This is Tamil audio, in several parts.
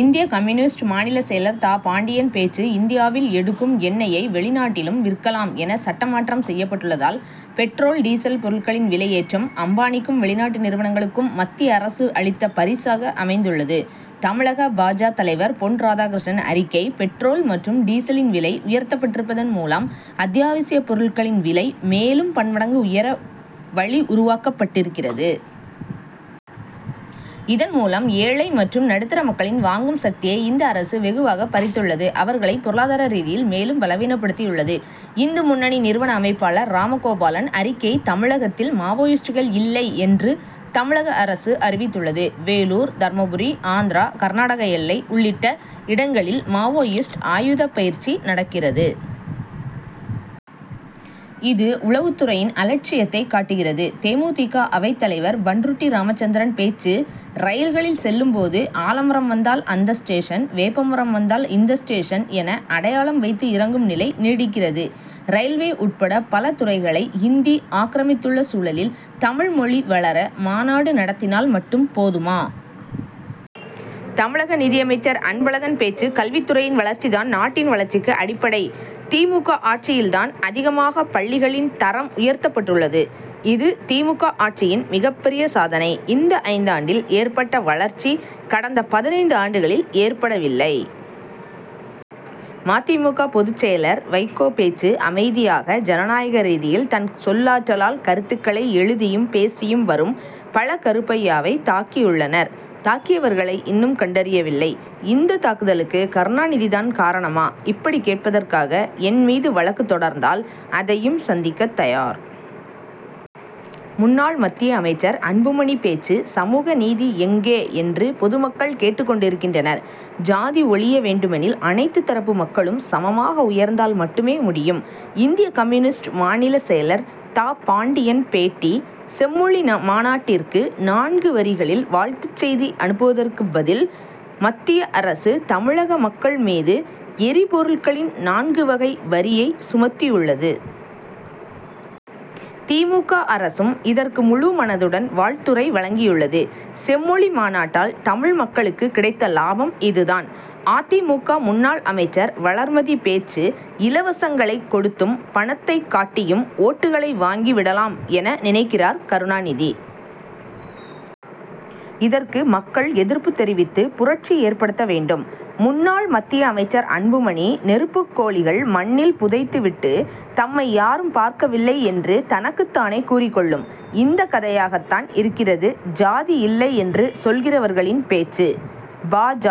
இந்திய கம்யூனிஸ்ட் மாநில செயலர் தா. பாண்டியன் பேச்சு இந்தியாவில் எடுக்கும் எண்ணெயை வெளிநாட்டிலும் விற்கலாம் என சட்ட மாற்றம் செய்யப்பட்டுள்ளதால், பெட்ரோல், டீசல் பொருட்களின் விலையேற்றம், அம்பானிக்கும், வெளிநாட்டு நிறுவனங்களுக்கும், மத்திய அரசு அளித்த பரிசாக அமைந்துள்ளது. தமிழக பா. ஜ., தலைவர் பொன் ராதாகிருஷ்ணன் அறிக்கை பெட்ரோல் மற்றும் டீசலின் விலை உயர்த்தப்பட்டிருப்பதன் மூலம் அத்தியாவசியப் பொருட்களின் விலை மேலும் பன்மடங்கு உயர வழி உருவாக்கப்பட்டிருக்கிறது. இதன் மூலம் ஏழை மற்றும் நடுத்தர மக்களின் வாங்கும் சக்தியை இந்த அரசு வெகுவாக பறித்துள்ளது. அவர்களை பொருளாதார ரீதியில் மேலும் பலவீனப்படுத்தியுள்ளது. இந்து முன்னணி நிறுவன அமைப்பாளர் ராமகோபாலன் அறிக்கை தமிழகத்தில் மாவோயிஸ்டுகள் இல்லை என்று தமிழக அரசு அறிவித்துள்ளது. வேலூர், தர்மபுரி, ஆந்திரா கர்நாடக எல்லை உள்ளிட்ட இடங்களில், மாவோயிஸ்ட் ஆயுதப் பயிற்சி நடக்கிறது. இது, உளவுத் துறையின் அலட்சியத்தை காட்டுகிறது. தே. மு. தி. க., அவைத் தலைவர் பண்ருட்டி ராமச்சந்திரன் பேச்சு ரயில்களில் செல்லும் போது ஆலமரம் வந்தால் அந்த ஸ்டேஷன், வேப்பமரம் வந்தால் இந்த ஸ்டேஷன் என அடையாளம் வைத்து இறங்கும் நிலை நீடிக்கிறது. ரயில்வே உட்பட பல துறைகளை இந்தி ஆக்கிரமித்துள்ள சூழலில், தமிழ் மொழி வளர மாநாடு நடத்தினால் மட்டும் போதுமா? தமிழக நிதியமைச்சர் அன்பழகன் பேச்சு கல்வித் துறையின் வளர்ச்சி தான் நாட்டின் வளர்ச்சிக்கு அடிப்படை. தி. மு. க., ஆட்சியில் தான் அதிகமாக பள்ளிகளின் தரம் உயர்த்தப்பட்டுள்ளது. இது, தி. மு. க., ஆட்சியின் மிகப்பெரிய சாதனை. இந்த ஐந்தாண்டில் ஏற்பட்ட வளர்ச்சி கடந்த பதினைந்து ஆண்டுகளில் ஏற்படவில்லை. ம. தி. மு. க., பொதுச் செயலர் வைகோ பேச்சு அமைதியாக, ஜனநாயக ரீதியில் தன் சொல்லாற்றலால் கருத்துகளை எழுதியும், பேசியும் வரும் பழ. கருப்பையாவை தாக்கியுள்ளனர். தாக்கியவர்களை இன்னும் கண்டறியவில்லை. இந்த தாக்குதலுக்கு கருணாநிதி தான் காரணமா? இப்படி கேட்பதற்காக என் மீது வழக்கு தொடர்ந்தால் அதையும் சந்திக்க தயார். முன்னாள் மத்திய அமைச்சர் அன்புமணி பேச்சு சமூக நீதி எங்கே என்று பொதுமக்கள் கேட்டுக் கொண்டிருக்கின்றனர். ஜாதி ஒழிய வேண்டுமெனில், அனைத்து தரப்பு மக்களும் சமமாக உயர்ந்தால் மட்டுமே முடியும். இந்திய கம்யூனிஸ்ட் மாநில செயலர் தா. பாண்டியன் பேட்டி செம்மொழி மாநாட்டிற்கு நான்கு வரிகளில் வாழ்த்துச் செய்தி அனுப்புவதற்கு பதில், மத்திய அரசு தமிழக மக்கள் மீது எரிபொருட்களின் நான்கு வகை வரியைச் சுமத்தியுள்ளது. தி. மு. க., அரசும் இதற்கு முழுமனதுடன் வாழ்த்துரை வழங்கியுள்ளது. செம்மொழி மாநாட்டால் தமிழ் மக்களுக்கு கிடைத்த லாபம் இது தான். அ. தி. மு. க., முன்னாள் அமைச்சர் வளர்மதி பேச்சு இலவசங்களைக் கொடுத்தும், பணத்தைக் காட்டியும் ஓட்டுகளை வாங்கி விடலாம் என நினைக்கிறார் கருணாநிதி. இதற்கு மக்கள் எதிர்ப்பு தெரிவித்து புரட்சி ஏற்படுத்த வேண்டும். முன்னாள் மத்திய அமைச்சர் அன்புமணி நெருப்புக் கோழிகள் மண்ணில் புதைத்துவிட்டு தம்மை யாரும் பார்க்கவில்லை என்று தனக்குத்தானே கூறிக் கொள்ளும். இந்தக் கதையாகத் தான் இருக்கிறது ஜாதி இல்லை என்று சொல்கிறவர்களின் பேச்சு. பா. ஜ.,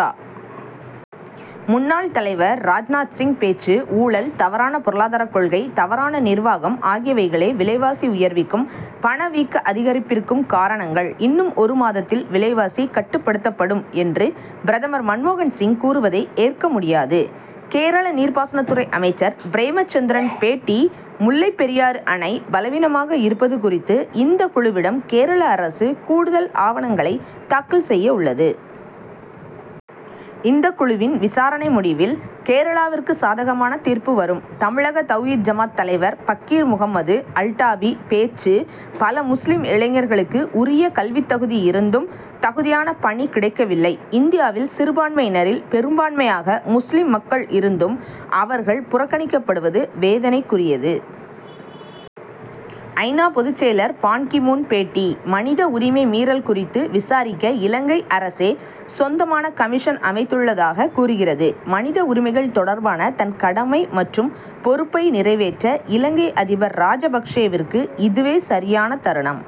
முன்னாள் தலைவர் ராஜ்நாத் சிங் பேச்சு ஊழல், தவறான பொருளாதாரக் கொள்கை, தவறான நிர்வாகம் ஆகியவைகளே விலைவாசி உயர்விற்கும், பணவீக்க அதிகரிப்பிற்கும் காரணங்கள். இன்னும் ஒரு மாதத்தில் விலைவாசி கட்டுப்படுத்தப்படும் என்று பிரதமர் மன்மோகன் சிங் கூறுவதை ஏற்க முடியாது. கேரள நீர்பாசனத் துறை அமைச்சர் பிரேமச்சந்திரன் பேட்டி முல்லைப் பெரியாறு அணை பலவீனமாக இருப்பது குறித்து, இந்த குழுவிடம் கேரள அரசு கூடுதல் ஆவணங்களை தாக்கல் செய்ய உள்ளது. இந்த குழுவின் விசாரணை முடிவில் கேரளாவிற்கு சாதகமான தீர்ப்பு வரும். தமிழக தவ்ஹித் ஜமாத் தலைவர் பக்கீர் முகமது அல்டாபி பேச்சு பல முஸ்லிம் இளைஞர்களுக்கு, உரிய கல்வித் தகுதி இருந்தும் தகுதியான பணி கிடைக்கவில்லை. இந்தியாவில் சிறுபான்மையினரில் பெரும்பான்மையாக முஸ்லிம் மக்கள் இருந்தும் அவர்கள் புறக்கணிக்கப்படுவது வேதனைக்குரியது. ஐ. நா., பொதுச் செயலர் பான்-கி-மூன் பேட்டி மனித உரிமை மீறல் குறித்து விசாரிக்க இலங்கை அரசே சொந்தமான கமிஷன் அமைத்துள்ளதாகக் கூறுகிறது. மனித உரிமைகள் தொடர்பான தன் கடமை மற்றும் பொறுப்பை நிறைவேற்ற, இலங்கை அதிபர் ராஜபக்ஷேவிற்கு இதுவே சரியான தருணம்.